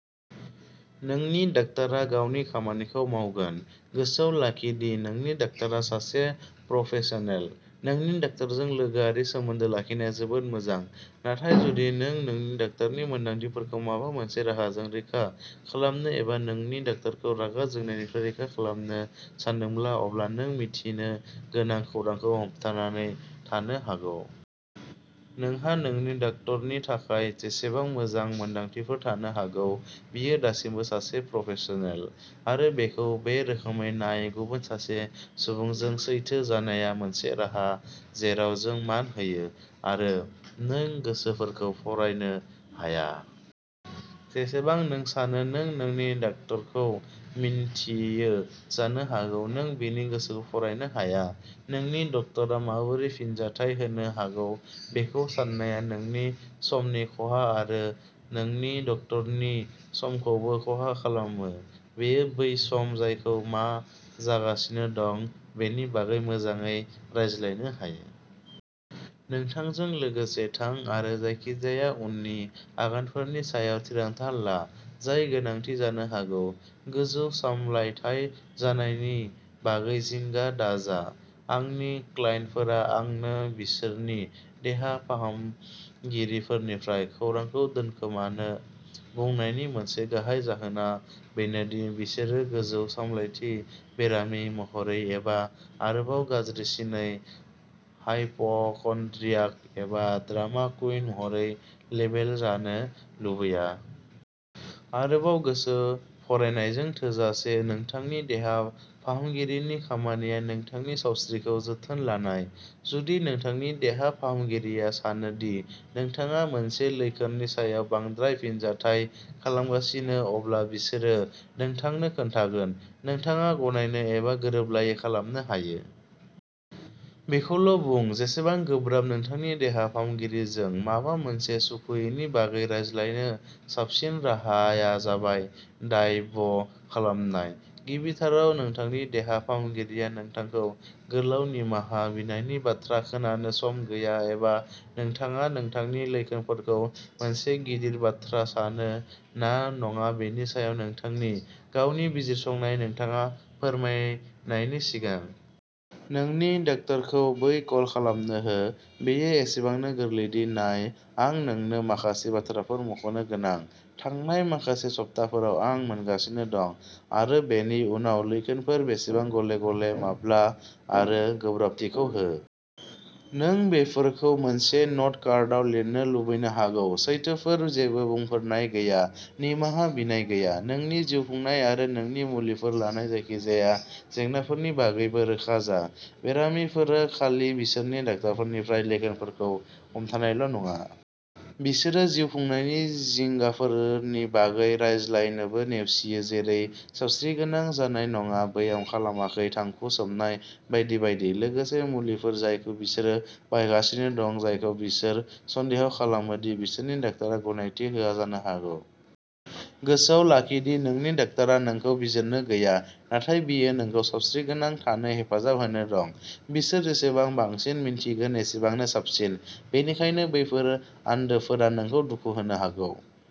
नोंनि डाक्टारआ गावनि खामानिखौ मावगोन। गोसोआव लाखि दि नोंनि डाक्टारआ सासे प्रफेसनेल। नोंनि डाक्टारजों लोगोआरि सोमोन्दो लाखिनाया जोबोद मोजां। नाथाय जुदि नों नोंनि डाक्टारनि मोनदांथिफोरखौ माबा मोनसे राहाजों रैखा खालामनो एबा नोंनि डक्टरखौ रागा जोंनायनिफ्राय रैखा खालामनो सानदोंब्ला अब्ला नों मिथिनो गोनां खौरांखौ हमथानानै थानो हागौ। नोंहा नोंनि डाक्टरनि थाखाय जेसेबां मोजां मोनदांथिफोर थानो हागौ, बियो दासिमबो सासे प्रफेसनेल। आरो बेखौ बे रोखोमै नाय गुबुन सासे सुबुंजों सैथो जानाया मोनसे राहा जेराव जों मान होयो। आरो नों गोसोफोरखौ फरायनो हाया। जेसेबां नों सानो नों नोंनि डाक्टरखौ मिन्थियो जानो हागौ, नों बिनि गोसोखौ फरायनो हाया। नोंनि डक्टरआ माबोरै फिनजाथाय होनो हागौ बेखौ सान्नाया नोंनि समनि खहा आरो नोंनि डक्टरनि समखौबो खहा खालामो। बेयो बै सम जायखौ मा जागासिनो दं बेनि बागै मोजाङै रायज्लायनो हायो। नोंथांजों लोगोसे थां आरो जायखिजाया उननि आगानफोरनि सायाव थिरांथा ला जाय गोनांथि जानो हागौ। गोजौ सामलायथाय जानायनि बागै जिंगा दाजा। आंनि क्लाइन्टफोरा आंनो बिसोरनि देहा फाहामगिरिफोरनिफ्राय खौरांखौ दोनखोमानो बुंनायनि मोनसे गाहाय जाहोना बेनो दि बिसोरो गोजौ सामलायथि बेरामि महरै एबा आरोबाव गाज्रिसिनै हाइपकन्ड्रियाक एबा ड्रामा कुइन महरै लेबेल जानो लुबैया। आरोबाव गोसो फरायनायजों थोजासे नोंथांनि देहा फाहामगिरिनि खामानिया नोंथांनि सावस्रिखौ जोथोन लानाय। जुदि नोंथांनि देहा फाहामगिरिया सानो दि नोंथाङा मोनसे लैखोननि सायाव बांद्राय फिनजाथाय खालामगासिनो अब्ला बिसोरो नोंथांनो खोन्थागोन। नोंथाङा गनायनो एबा गोरोबलायै खालामनो हायो। बेखौल' बुं जेसेबां गोब्राब नोंथांनि देहा फाहामगिरिजों माबा मोनसे सुखुयैनि बागै रायज्लायनो साबसिन राहाया जाबाय दाइभ' खालामनाय। गिबिथाराव नोंथांनि देहा फाहामगिरिया नोंथांखौ गोलाव निमाहा बिनायनि बाथ्रा खोनानो सम गैया एबा नोंथाङा नोंथांनि लैखोनफोरखौ मोनसे गिदिर बाथ्रा सानो ना नङा, बेनि सायाव नोंथांनि गावनि बिजिरसंनाय नोंथाङा फोरमायनायनि सिगां नोंनि डाक्टारखौ बै कल खालामनो हो। बेयो एसेबांनो गोरलैदि नाय आं नोंनो माखासे बाथ्राफोर मख'नो गोनां। थांनाय माखासे सप्ताफोराव आं मोनगासिनो दं। आरो बेनि उनाव लैखोनफोर बेसेबां गले गले माब्ला आरो गोब्राबथिखौ हो। नों बेफोरखौ मोनसे न'ट कार्डआव लिरनो लुबैनो हागौ। सैथोफोर जेबो बुंफोरनाय गैया निमाहा बिनाय गैया। नोंनि जिउखुंनाय आरो नोंनि मुलिफोर लानाय जायखिजाया जेंनाफोरनि बागैबो रोखा जा। बेरामिफोरा खालि बिसोरनि डाक्टारनिफ्राय लैखोनफोरखौ हमथानायल' नङा। बिसोरो जिउखुंनायनि जिंगाफोरनि बागै रायज्लायनोबो नेवसियो जेरै सावस्रिगोनां जानाय नङा, ब्याम खालामाखै थांखु सोबनाय बायदि बायदि। लोगोसे मुलिफोर जायखौ बिसोरो बाहायगासिनो दं, जायखौ बिसोर सन्देह खालामो दि बिसोरनि डाक्टारआ गनायथि होआ जानो हागौ। गोसोआव लाखि दि नोंनि डाक्टारआ नोंखौ बिजिरनो गैया। नाथाय बियो नोंखौ सावस्रिगोनां थानो हेफाजाब होनो दं। बिसोर जेसेबां बांसिन मिन्थिगोन एसेबांनो साबसिन। बेनिखायनो बैफोर आन्दोफोरा नोंखौ दुखु होनो हागौ।